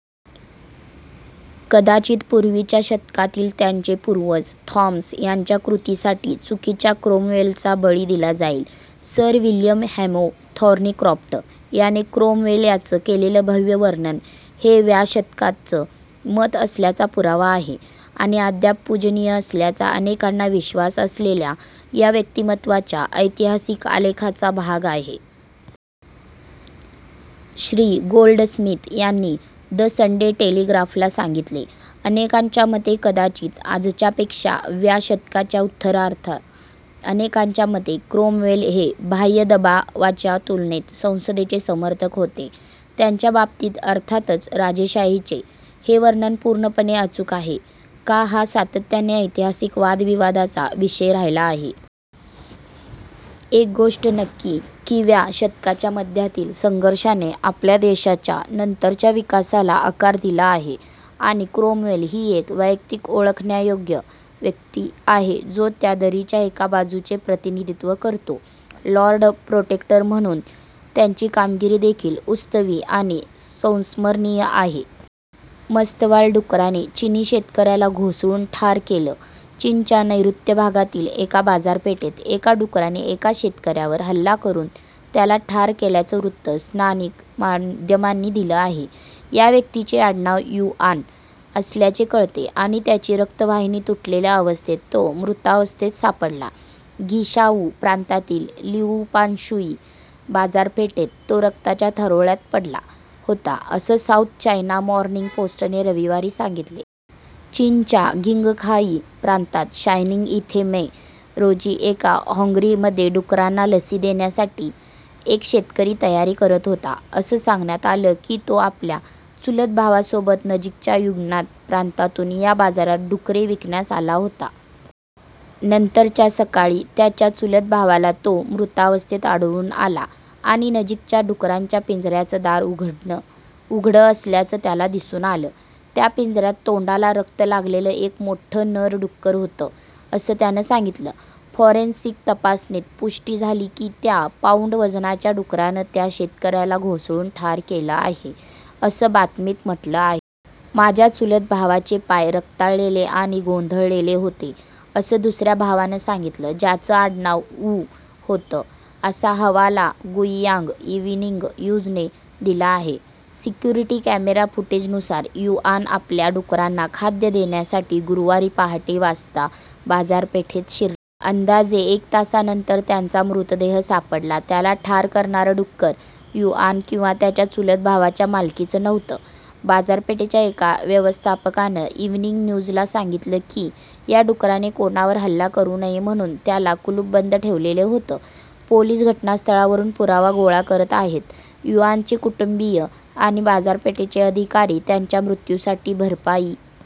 कदाचित पूर्वीच्या शतकातील त्यांचे पूर्वज थॉमस यांच्या कृतींसाठी चुकीच्या क्रोमवेलचा बळी दिला जाईल. सर विल्यम हॅमो थॉर्नीक्रॉफ्ट यांनी क्रोमवेल यांचं केलेलं भव्य वर्णन हे व्या शतकाचं मत असल्याचा पुरावा आहे आणि अद्याप पूजनीय असल्याचा अनेकांना विश्वास असलेल्या या व्यक्तिमत्वाच्या ऐतिहासिक आलेखाचा भाग आहे. श्री. गोल्डस्मिथ यांनी द संडे टेलिग्राफला सांगितले: "अनेकांच्या मते, कदाचित आजच्यापेक्षा व्या शतकाच्या उत्तरार्धात अनेकांच्या मते, क्रोमवेल हे, बाह्य दबावाच्या तुलनेत संसदेचे समर्थक होते, त्यांच्या बाबतीत अर्थातच राजेशाहीचे. हे वर्णन पूर्णपणे अचूक आहे का हा सातत्याने ऐतिहासिक वादविवादाचा विषय राहिला आहे. एक गोष्ट नक्की की व्या शतकाच्या मध्यातील संघर्षाने आपल्या देशाच्या नंतरच्या विकासाला आकार दिला आहे, आणि क्रोमवेल ही एक वैयक्तिक ओळखण्यायोग्य व्यक्ति आहे जो त्या दरीच्या एका बाजूचे प्रतिनिधीत्व करतो. लॉर्ड प्रोटेक्टर म्हणून त्याची कामगिरी देखील उत्सवी आणि संस्मरणीय आहे. " मस्तवाल डुकराने चिनी शेतकऱ्याला घोसळून ठार केलं चीनच्या नैऋत्य भागातील एका बाजारपेठेत एका डुकराने एका शेतकऱ्यावर हल्ला करुन त्याला ठार केल्याचं वृत्त स्थानिक माध्यमांनी दिलं आहे. या व्यक्तिचे आडनाव "युआन," असल्याचे कळते आणि त्याची रक्तवाहिनी तुटलेल्या अवस्थेत तो मृतावस्थेत सापडला, ग्विशाऊ प्रांतातील लिउपान्शुई बाजारपेठेत तो रक्ताच्या थारोळ्यात पडला होता असं साऊथ चायना मॉर्निंग पोस्टने रविवारी सांगितले. चीनच्या किंगघाई प्रांतात शायनिंग इथे मे, रोजी एका हॉगरीमध्ये डुकरांना लसी देण्यासठी एक शेतकरी तयारी करत होता. असं सांगण्यात आलं की तो आपल्या चुलतभावासोबत नजिकच्या युन्नान प्रांतातून या बाजारात डुकरे विकण्यास आला होता. नंतरच्या सकाळी, त्याच्या चुलत भावाला तो मृतावस्थेत आढळून आला, आणि नजिकच्या डुकरांच्या पिंजऱ्याचं दार उघडं असल्याचं त्याला दिसून आलं. त्या पिंजऱ्यात तोंडाला रक्त लागलेलं एक मोठं नर डुक्कर होतं असं त्यानं सांगितलं. फोरेन्सिक तपासणीत पुष्टि झाली की त्या पाऊंड वजनाच्या डुकरान त्या शेतकऱ्याला घोसळून ठार केलं आहे, असं बातमीत म्हटलं आहे. "माझ्या चुलत भावाचे पाय रक्ताळलेले आणि गोंधळलेले होते," असं दुसऱ्या भावानं सांगितलं, ज्याचं आडनाव "वु," होतं, असा हवाला गुईयांग इविनींग न्यूजने दिला आहे. सिक्युरिटी कॅमेरा फुटेजनुसार युआन आपल्या डुकरांना खाद्य देण्यासाठी गुरूवारी पहाटे वाजता बाजारपेठेत शिरला. अंदाजे एक तासानंतर त्याचा मृतदेह सापडला. त्याला ठार करणारं डुक्कर युआन किंवा त्याच्या चुलत भावाच्या मालकीचं नव्हतं. बाजारपेठेच्या एका व्यवस्थापकानं इविनींग न्यूजला सांगितलं की या डुकराने कोणावर हल्ला करु नये म्हणून त्याला कुलूपबंद ठेवलेलं होतं, पोलिस घटनास्थळावरुन पुरावा गोळा करत आहेत. युआनचे कुटुंबीय आणि बाजारपेठेचे अधिकारी त्याच्या मृत्युसाठी भरपाई